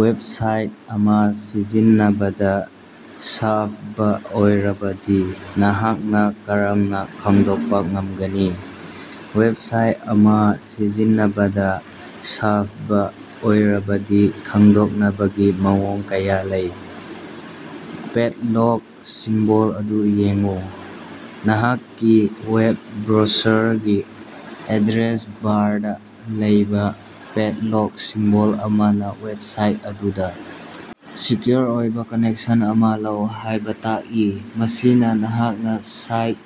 Website ꯑꯃ ꯁꯤꯖꯤꯟꯅꯕꯗ ꯁꯥꯕ ꯑꯣꯏꯔꯕꯗꯤ ꯅꯍꯥꯛꯅ ꯀꯔꯝꯅ ꯈꯪꯗꯣꯛꯄ ꯉꯝꯒꯅꯤ? ꯋꯦꯕꯁꯥꯏꯠ ꯑꯃ ꯁꯤꯖꯤꯟꯅꯕꯗ ꯁꯥꯕ ꯑꯣꯏꯔꯕꯗꯤ ꯈꯪꯗꯣꯛꯅꯕꯒꯤ ꯃꯑꯣꯡ ꯀꯌꯥ ꯂꯩ: ꯄꯦꯗꯂꯣꯛ ꯁꯤꯝꯕꯣꯜ ꯑꯗꯨ ꯌꯦꯡꯎ: ꯅꯍꯥꯛꯀꯤ ꯋꯦꯕ ꯕ꯭ꯔꯣꯁꯔꯒꯤ ꯑꯦꯗ꯭ꯔꯦꯁ ꯕꯥꯔꯗ ꯂꯩꯕ ꯄꯦꯗꯂꯣꯛ ꯁꯤꯝꯕꯣꯜ ꯑꯃꯅ ꯋꯦꯕꯁꯥꯏꯠ ꯑꯗꯨꯗ ꯁꯦꯀ꯭ꯌꯨꯑꯣꯔ ꯑꯣꯏꯕ ꯀꯅꯦꯛꯁꯟ ꯑꯃꯥ ꯂꯩ ꯍꯥꯏꯕ ꯇꯥꯛꯏ, ꯃꯁꯤꯅ ꯅꯍꯥꯛꯅ ꯁꯥꯏꯠ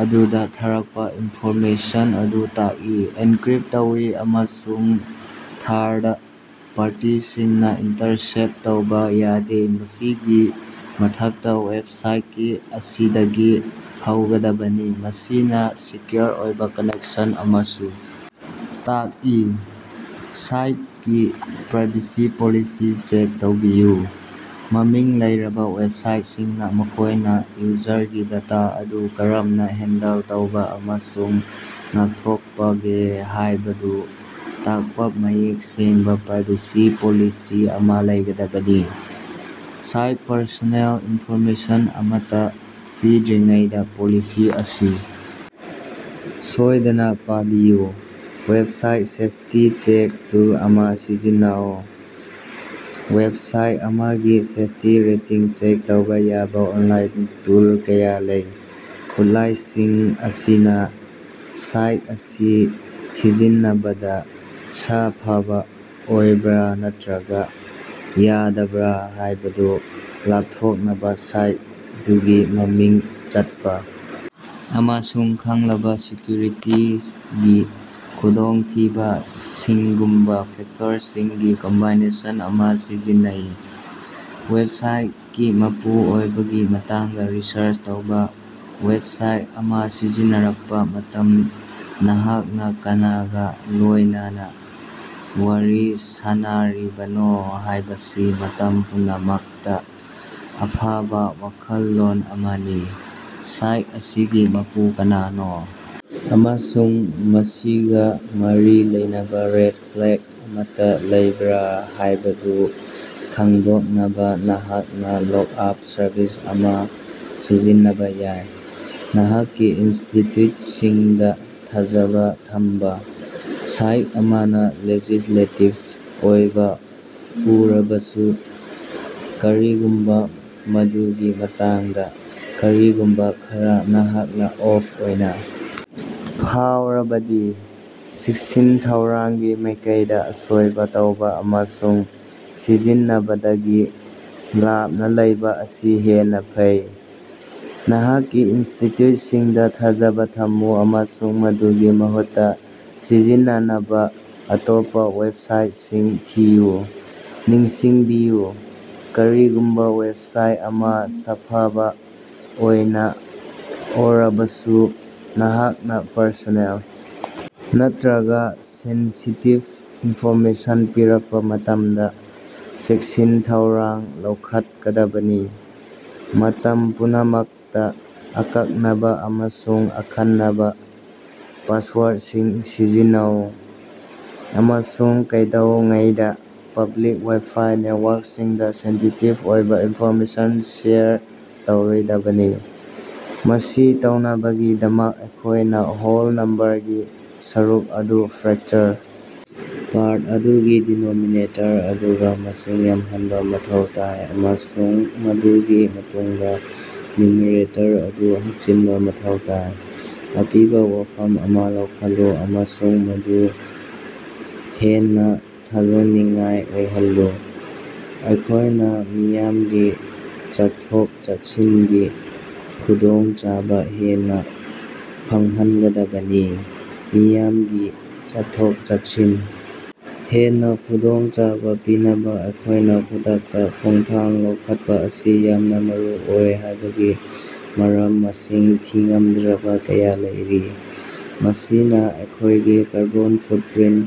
ꯑꯗꯨꯗ ꯊꯥꯔꯛꯄ ꯏꯟꯐꯣꯔꯃꯦꯁꯟ ꯑꯗꯨ ꯇꯥꯛꯏ꯫ ꯑꯦꯟꯀ꯭ꯔꯤꯞ ꯇꯧꯏ ꯑꯃꯁꯨꯡ ꯊꯥꯔꯗ ꯄꯥꯔꯇꯤꯁꯤꯡꯅ ꯏꯟꯇꯔꯁꯦꯞ ꯇꯧꯕ ꯌꯥꯗꯦ꯫ ꯃꯁꯤꯒꯤ ꯃꯊꯛꯇ, ꯋꯦꯕꯁꯥꯏꯇꯀꯤ ꯑꯁꯤꯗꯒꯤ ꯍꯧꯒꯗꯕꯅꯤ, ꯃꯁꯤꯅ ꯁꯦꯀ꯭ꯌꯨꯑꯣꯔ ꯑꯣꯏꯕ ꯀꯅꯦꯛꯁꯟ ꯑꯃꯁꯨ ꯇꯥꯛꯏ꯫ ꯁꯥꯏꯠꯀꯤ ꯄ꯭ꯔꯥꯏꯚꯦꯁꯤ ꯄꯣꯂꯤꯁꯤ ꯆꯦꯛ ꯇꯧꯕꯤꯌꯨ: ꯃꯃꯤꯡ ꯂꯩꯔꯕ ꯋꯦꯕꯁꯥꯏꯇꯁꯤꯡꯅ ꯃꯈꯣꯏꯅ ꯌꯨꯖꯔꯒꯤ ꯗꯦꯇꯥ ꯑꯗꯨ ꯀꯔꯝꯅ ꯍꯦꯟꯗꯜ ꯇꯧꯕ ꯑꯃꯁꯨꯡ ꯉꯥꯛꯊꯣꯛꯄꯒꯦ ꯍꯥꯏꯕꯗꯨ ꯇꯥꯛꯄ ꯃꯌꯦꯛ ꯁꯦꯡꯕ ꯄ꯭ꯔꯥꯏꯚꯦꯁꯤ ꯄꯣꯂꯤꯁꯤ ꯑꯃꯥ ꯂꯩꯒꯗꯕꯅꯤ꯫ ꯁꯥꯏꯠꯇ ꯄꯔꯁꯣꯅꯦꯜ ꯏꯟꯐꯣꯔꯃꯦꯁꯟ ꯑꯃꯠꯇ ꯄꯤꯗ꯭ꯔꯤꯉꯩꯗ ꯄꯣꯂꯤꯁꯤ ꯑꯁꯤ ꯁꯣꯏꯗꯅ ꯄꯥꯕꯤꯌꯨ꯫ ꯋꯦꯕꯁꯥꯏꯠ ꯁꯦꯐꯇꯤ-ꯆꯦꯛ ꯇꯨꯜ ꯑꯃꯥ ꯁꯤꯖꯤꯟꯅꯧ: ꯋꯦꯕꯁꯥꯏꯠ ꯑꯃꯒꯤ ꯁꯦꯐꯇꯤ ꯔꯦꯇꯤꯡ ꯆꯦꯛ ꯇꯧꯕ ꯌꯥꯕꯥꯡ ꯑꯣꯟꯂꯥꯏꯟ ꯇꯨꯜ ꯀꯌꯥ ꯂꯩ꯫ ꯈꯨꯠꯂꯥꯏꯁꯤꯡ ꯑꯁꯤꯅ ꯁꯥꯏꯠ ꯑꯁꯤ ꯁꯤꯖꯤꯟꯅꯕꯗ ꯁꯥꯐꯕ ꯑꯣꯏꯕ꯭ꯔ ꯅꯠꯇ꯭ꯔꯒ ꯌꯥꯗꯕ꯭ꯔ ꯍꯥꯏꯕꯗꯨ ꯂꯥꯞꯊꯣꯛꯅꯕ ꯁꯥꯏꯠ ꯑꯗꯨꯒꯤ ꯃꯃꯤꯡ ꯆꯠꯄ ꯑꯃꯁꯨꯡ ꯈꯪꯂꯕ ꯁꯦꯀ‌꯭ꯌꯨꯔꯤꯇꯤꯒꯤ ꯈꯨꯗꯣꯡꯊꯤꯕꯁꯤꯡꯒꯨꯝꯕ ꯐꯦꯛꯇꯔꯁꯤꯡꯒꯤ ꯀꯝꯕꯥꯏꯅꯦꯁꯟ ꯑꯃ ꯁꯤꯖꯤꯟꯅꯩ꯫ ꯋꯦꯕꯁꯥꯏꯠꯀꯤ ꯃꯄꯨ ꯑꯣꯏꯕꯒꯤ ꯃꯇꯥꯡꯗ ꯔꯤꯁꯔꯆ ꯇꯧꯕ: ꯋꯦꯕꯁꯥꯏꯠ ꯑꯃ ꯁꯤꯖꯤꯟꯅꯔꯛꯄ ꯃꯇꯝꯗ ꯅꯍꯥꯛꯅ ꯀꯅꯥꯒ ꯂꯣꯏꯅꯅ ꯋꯥꯔꯤ ꯁꯥꯅꯔꯤꯕꯅꯣ ꯍꯥꯏꯕꯁꯤ ꯃꯇꯝ ꯄꯨꯝꯅꯃꯛꯇ ꯑꯐꯕ ꯋꯥꯈꯜꯂꯣꯟ ꯑꯃꯅꯤ꯫ ꯁꯥꯏꯠ ꯑꯁꯤꯒꯤ ꯃꯄꯨ ꯀꯅꯥꯅꯣ ꯑꯃꯁꯨꯡ ꯃꯁꯤꯒ ꯃꯔꯤ ꯂꯩꯅꯕ ꯔꯦꯗ ꯐ꯭ꯂꯦꯒ ꯑꯃꯠꯇ ꯂꯩꯕ꯭ꯔꯥ ꯍꯥꯏꯕꯗꯨ ꯈꯪꯗꯣꯛꯅꯕ ꯅꯍꯥꯛꯅ ꯂꯨꯛꯑꯞ ꯁꯔꯚꯤꯁ ꯑꯃ ꯁꯤꯖꯤꯟꯅꯕ ꯌꯥꯏ꯫ ꯅꯍꯥꯛꯀꯤ ꯏꯟꯁ꯭ꯇꯤꯇ꯭ꯌꯨꯠꯁꯤꯡꯗ ꯊꯥꯖꯕ ꯊꯝꯕ: ꯁꯥꯏꯠ ꯑꯃꯅ ꯂꯦꯖꯤꯁ꯭ꯂꯦꯇꯤꯚ ꯑꯣꯏꯕ ꯎꯔꯕꯁꯨ, ꯀꯔꯤꯒꯨꯝꯕ ꯃꯗꯨꯒꯤ ꯃꯇꯥꯡꯗ ꯀꯔꯤꯒꯨꯝꯕ ꯈꯔ ꯅꯍꯥꯛꯅ ꯑꯣꯐ ꯑꯣꯏꯅ ꯐꯥꯎꯔꯕꯗꯤ, ꯆꯦꯛꯁꯤꯟ ꯊꯧꯔꯥꯡꯒꯤ ꯃꯥꯏꯀꯩꯗ ꯑꯁꯣꯏꯕ ꯇꯧꯕ ꯑꯃꯁꯨꯡ ꯁꯤꯖꯤꯟꯅꯕꯗꯒꯤ ꯂꯥꯞꯅ ꯂꯩꯕ ꯑꯁꯤ ꯍꯦꯟꯅ ꯐꯩ꯫ ꯅꯍꯥꯛꯀꯤ ꯏꯟꯁ꯭ꯇꯤꯇ꯭ꯌꯨꯠꯁꯤꯡꯗ ꯊꯥꯖꯕ ꯊꯝꯃꯨ ꯑꯃꯁꯨꯡ ꯃꯗꯨꯒꯤ ꯃꯍꯨꯠꯇ ꯁꯤꯖꯤꯟꯅꯅꯕ ꯑꯇꯣꯞꯄ ꯋꯦꯕꯁꯥꯏꯠꯁꯤꯡ ꯊꯤꯌꯨ꯫ ꯅꯤꯡꯁꯤꯡꯕꯤꯌꯨ, ꯀꯔꯤꯒꯨꯝꯕ ꯋꯦꯕꯁꯥꯏꯠ ꯑꯃ ꯁꯥꯐꯕ ꯑꯣꯏꯅ ꯎꯔꯕꯁꯨ, ꯅꯍꯥꯛꯅ ꯄꯔꯁꯣꯅꯦꯜ ꯅꯠꯇ꯭ꯔꯒ ꯁꯦꯟꯁꯤꯇꯤꯚ ꯏꯟꯐꯣꯔꯃꯦꯁꯟ ꯄꯤꯔꯛꯄ ꯃꯇꯝꯗ ꯆꯦꯛꯁꯤꯟ ꯊꯧꯔꯥꯡ ꯂꯧꯈꯠꯀꯗꯕꯅꯤ꯫ ꯃꯇꯝ ꯄꯨꯝꯅꯃꯛꯇ ꯑꯀꯛꯅꯕ ꯑꯃꯁꯨꯡ ꯑꯈꯟꯅꯕ ꯄꯥꯁꯋꯥꯔꯗꯁꯤꯡ ꯁꯤꯖꯤꯟꯅꯧ, ꯑꯃꯁꯨꯡ ꯀꯩꯗꯧꯉꯩꯗ ꯄꯕ꯭ꯂꯤꯛ ꯋꯥꯏ-ꯐꯥꯏ ꯅꯦꯠꯋꯥꯔꯛꯁꯤꯡꯗ ꯁꯦꯟꯁꯤꯇꯤꯚ ꯑꯣꯏꯕ ꯏꯟꯐꯣꯔꯃꯦꯁꯟ ꯁꯦꯌꯔ ꯇꯧꯔꯣꯏꯗꯕꯅꯤ꯫ ꯃꯁꯤ ꯇꯧꯅꯕꯒꯤꯗꯃꯛ ꯑꯩꯈꯣꯏꯅ ꯍꯣꯜ ꯅꯝꯕꯔꯒꯤ ꯁꯔꯨꯛ ꯑꯗꯨ ꯐ꯭ꯔꯦꯛꯆꯔ ꯄꯥꯔꯠ ꯑꯗꯨꯒꯤ ꯗꯤꯅꯣꯃꯤꯅꯦꯇꯔ ꯑꯗꯨꯒ ꯃꯁꯤꯡ ꯌꯥꯝꯍꯟꯕ ꯃꯊꯧ ꯇꯥꯏ ꯑꯃꯁꯨꯡ ꯃꯗꯨꯒꯤ ꯃꯇꯨꯡꯗ ꯅ꯭ꯌꯨꯃꯔꯦꯇꯔ ꯑꯗꯨ ꯍꯥꯞꯆꯤꯟꯕ ꯃꯊꯧ ꯇꯥꯏ꯫ ꯑꯄꯤꯕ ꯋꯥꯐꯝ ꯑꯃ ꯂꯧꯈꯠꯂꯨ ꯑꯃꯁꯨꯡ ꯃꯗꯨ ꯍꯦꯟꯅ ꯊꯥꯖꯅꯤꯡꯉꯥꯏ ꯑꯣꯏꯍꯜꯂꯨ꯫ ꯑꯩꯈꯣꯏꯅ ꯃꯤꯌꯥꯝꯒꯤ ꯆꯠꯊꯣꯛ-ꯆꯠꯁꯤꯟꯒꯤ ꯈꯨꯗꯣꯡꯆꯥꯕ ꯍꯦꯟꯅ ꯐꯪꯍꯟꯒꯗꯕꯅꯤ꯫ ꯃꯤꯌꯥꯝꯒꯤ ꯆꯠꯊꯣꯛ-ꯆꯠꯁꯤꯟ ꯍꯦꯟꯅ ꯈꯨꯗꯣꯡꯆꯥꯕ ꯄꯤꯅꯕ ꯑꯩꯈꯣꯏꯅ ꯈꯨꯗꯛꯇ ꯈꯣꯡꯊꯥꯡ ꯂꯧꯈꯠꯄ ꯑꯁꯤ ꯌꯥꯝꯅ ꯃꯔꯨ ꯑꯣꯏ ꯍꯥꯏꯕꯒꯤ ꯃꯔꯝ ꯃꯁꯤꯡ ꯊꯤꯉꯝꯗ꯭ꯔꯕ ꯀꯌꯥ ꯂꯩꯔꯤ꯫ ꯃꯁꯤꯅ ꯑꯩꯈꯣꯏꯒꯤ ꯀꯥꯔꯕꯣꯟ ꯐꯨꯠꯄ꯭ꯔꯤꯟꯠ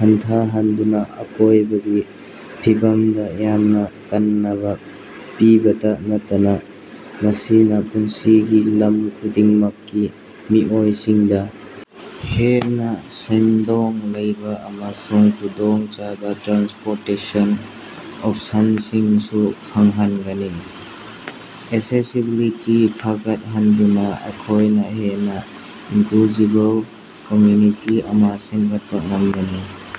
ꯍꯟꯊꯍꯟꯗꯨꯅ ꯑꯀꯣꯏꯕꯒꯤ ꯐꯤꯕꯝꯗ ꯌꯥꯝꯅ ꯀꯟꯅꯕ ꯄꯤꯕꯇ ꯅꯠꯇꯅ ꯃꯁꯤꯅ ꯄꯨꯟꯁꯤꯒꯤ ꯂꯝ ꯈꯨꯗꯤꯡꯃꯛꯀꯤ ꯃꯤꯑꯣꯏꯁꯤꯡꯗ ꯍꯦꯟꯅ ꯁꯦꯟꯗꯣꯡ ꯂꯩꯕ ꯑꯃꯁꯨꯡ ꯈꯨꯗꯣꯡꯆꯥꯕ ꯇ꯭ꯔꯥꯟꯁꯄꯣꯔꯇꯦꯁꯟꯒꯤ ꯑꯣꯞꯁꯟꯁꯤꯡꯁꯨ ꯐꯪꯍꯟꯒꯅꯤ꯫ ꯑꯦꯛꯁꯦꯁꯤꯕꯤꯂꯤꯇꯤ ꯐꯒꯠꯍꯟꯗꯨꯅ ꯑꯩꯈꯣꯏꯅ ꯍꯦꯟꯅ ꯏꯟꯀ꯭ꯂꯨꯖꯤꯕꯜ ꯀꯝꯃ‍꯭ꯌꯨꯅꯤꯇꯤ ꯑꯃ ꯁꯦꯝꯒꯠꯄ ꯉꯝꯒꯅꯤ꯫